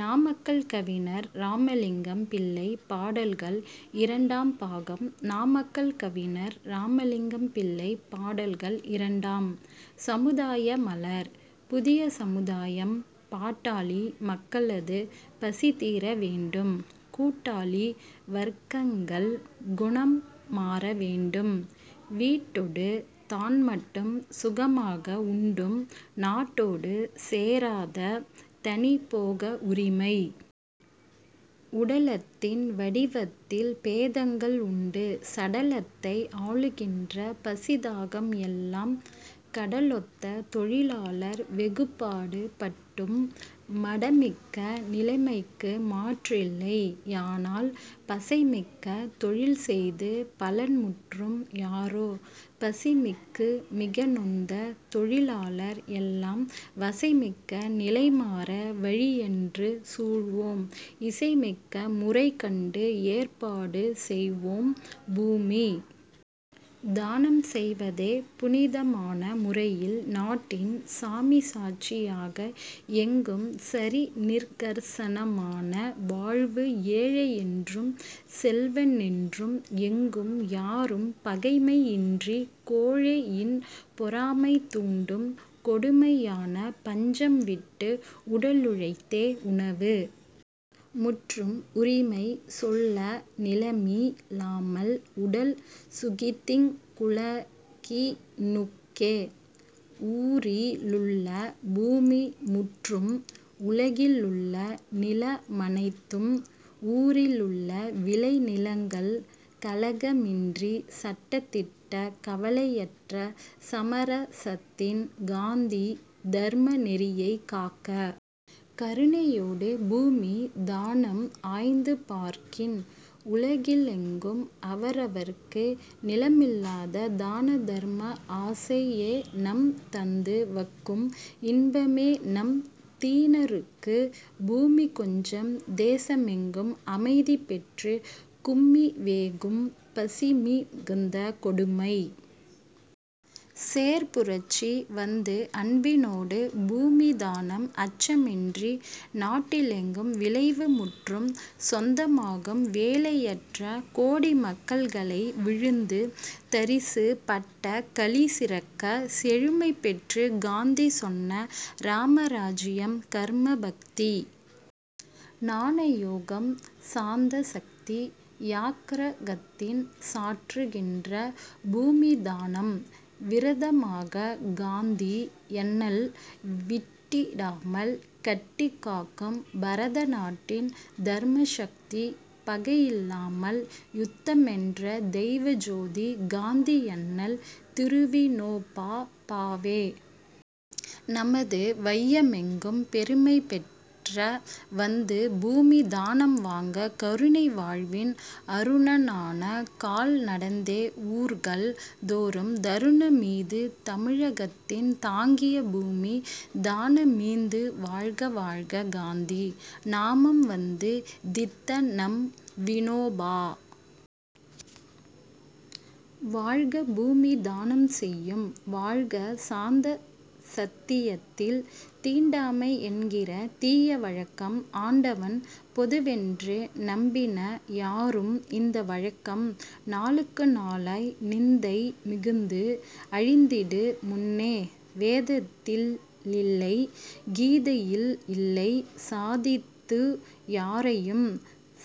நாமக்கல் கவிஞர் இராமலிங்கம் பிள்ளை பாடல்கள் இரண்டாம் பாகம் நாமக்கல் கவிஞர் இராமலிங்கம் பிள்ளை பாடல்கள் இரண்டாம். சமுதாய மலர். புதிய சமுதாயம் பாட்டாளி மக்களது பசிதீர வேண்டும்; கூட்டாளி வர்க்கங்கள் குணம்மாற வேண்டும்; வீட்டொடு தான்மட்டும் சுகமாக உண்டும் நாட்டோடு சேராத தனிபோக உரிமை உடலத்தின் வடிவத்தில் பேதங்கள் உண்டு; சடலத்தை ஆள்கின்ற பசிதாகம் எல்லாம் கடலொத்த தொழிலாளர் வெகுபாடு பட்டும் மடமிக்க நிலைமைக்கு மாற்றில்லை யானால் பசைமிக்க தொழில்செய்து பலன்முற்றும் யாரோ பசிமிக்கு மிகநொந்த தொழிலாளர் எல்லாம் வசைமிக்க நிலைமாற வழியன்று சூழ்வோம் இசைமிக்க முறைகண்டு ஏற்பாடு செய்வோம் பூமி தானம் செய்வதே புனித மான முறையில் நாட்டின் சாமி சாட்சி யாக எங்கும் சரிநி கர்ச மான வாழ்வு ஏழை யென்றும் செல்வ னென்றும் எங்கும் யாரும் பகைமை யின்றிப் கோழை யின்பொ றாமை தூண்டும் கொடுமை யான பஞ்சம் விட்டுக் உடலு ழைத்தே உணவு முற்றும் உரிமை சொல்ல நிலமி லாமல் உடல் சுகித்திங் குலகி னுக்கே ஊரி லுள்ள பூமி முற்றும் உலகி லுள்ள நிலம னைத்தும் ஊரி லுள்ள விளைநி லங்கள் கலக மின்றிச் சட்ட திட்டக் கவலை யற்ற சமர சத்தின் காந்தி தர்ம நெறியைக் காக்கக் கருணை யோடு பூமி தானம் ஆய்ந்து பார்க்கின் உலகி லெங்கும் அவர வர்க்கு நிலமி லாத தான தர்ம ஆசை யேநம் தந்து வக்கும் இன்ப மேநம் தீன ருக்குப் பூமி கொஞ்சம் தேச மெங்கும் அமைதி பெற்றுத் கும்பி வேகும் பசிமி குந்த கொடுமை சேர்பு ரட்சி வந்து அன்பி னோடு பூமி தானம் அச்ச மின்றி நாட்டி லெங்கும் விளைவு முற்றும் சொந்த மாகும் வேலை யற்ற கோடி மக்கள் களைவி ழுந்து தரிசு பட்ட களிசி றக்கச் செழுமை பெற்றுக் காந்தி சொன்ன ராம ராஜ்யம் கர்ம, பக்தி, ஞான யோகம் சாந்த சத்தி யாக்ர கத்தின் சாற்று கின்ற பூமி தானம் விரத மாகக் காந்தி யண்ணல் விட்டி டாமல் கட்டிக் காக்கும் பரத நாட்டின் தர்ம சக்தி பகையி லாமல் யுத்த மென்ற தெய்வ ஜோதி காந்தி யண்ணல் திருவி னோபா பாவே நமது வைய மெங்கும் பெருமை பெற்ற வந்து பூமி தானம் வாங்க கருணை வாழ்வின் அருண னான கால் நடந்தே ஊர்கள் தோறும் தருண மீது தமிழ கத்தின் தாங்கிப் பூமி தான மீந்து வாழ்க வாழ்க காந்தி நாமம் வந்து தித்த நம்வி னோபா வாழ்க பூமி தானம் செய்யும் வாழ்க சாந்த சத்தியத்தில் தீண்டாமை என்கிற தீய வழக்கம் ஆண்டவன் பொதுவென்று நம்பின யாரும் இந்த வழக்கம் நாளுக்கு நாளாய் நிந்தை மிகுந்து அழிந்திடு முன்னே வேதத்தி லில்லை கீதையில் இல்லை சாதித்து யாரையும்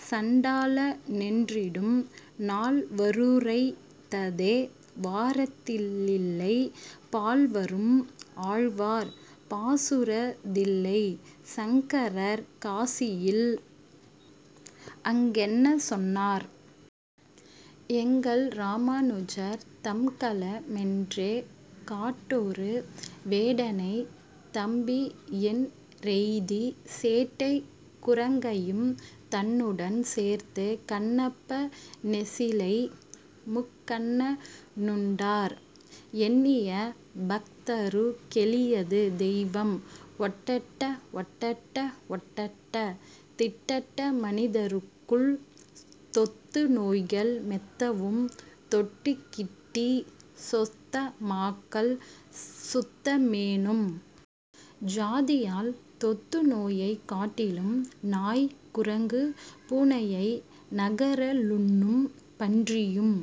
சண்டாள னென்றிடும் நால்வ ருரைத்ததே வாரத்தி லில்லை பால்வரும் ஆழ்வார் பாசுரத் தில்லை சங்கரர் காசியில் அங்கென்ன சொன்னார்? எங்கள்ரா மானுஜர் தம்கல மென்றே காட்டொரு வேடனைத் தம்பியென் றெய்திக் சேட்டைக் குரங்கையும் தன்னுடன் சேர்த்துச் கண்ணப்ப னெச்சிலை முக்கண்ண னுண்டார்; எண்ணிய பக்தருக் கெளியது தெய்வம். ஓட்டடா! ஓட்டடா! ஓட்டடா! தீட்டடா மனிதருக்குள் தொத்து நோய்கள் மெத்தவும் தொட்டுக் கிட்டிச் சொஸ்தமாக்கல் சுத்த மேனும் ஜாதியால் தொத்து நோயைக் காட்டிலும் நாய்கு ரங்கு பூனையை நரக லுண்ணும் பன்றியும்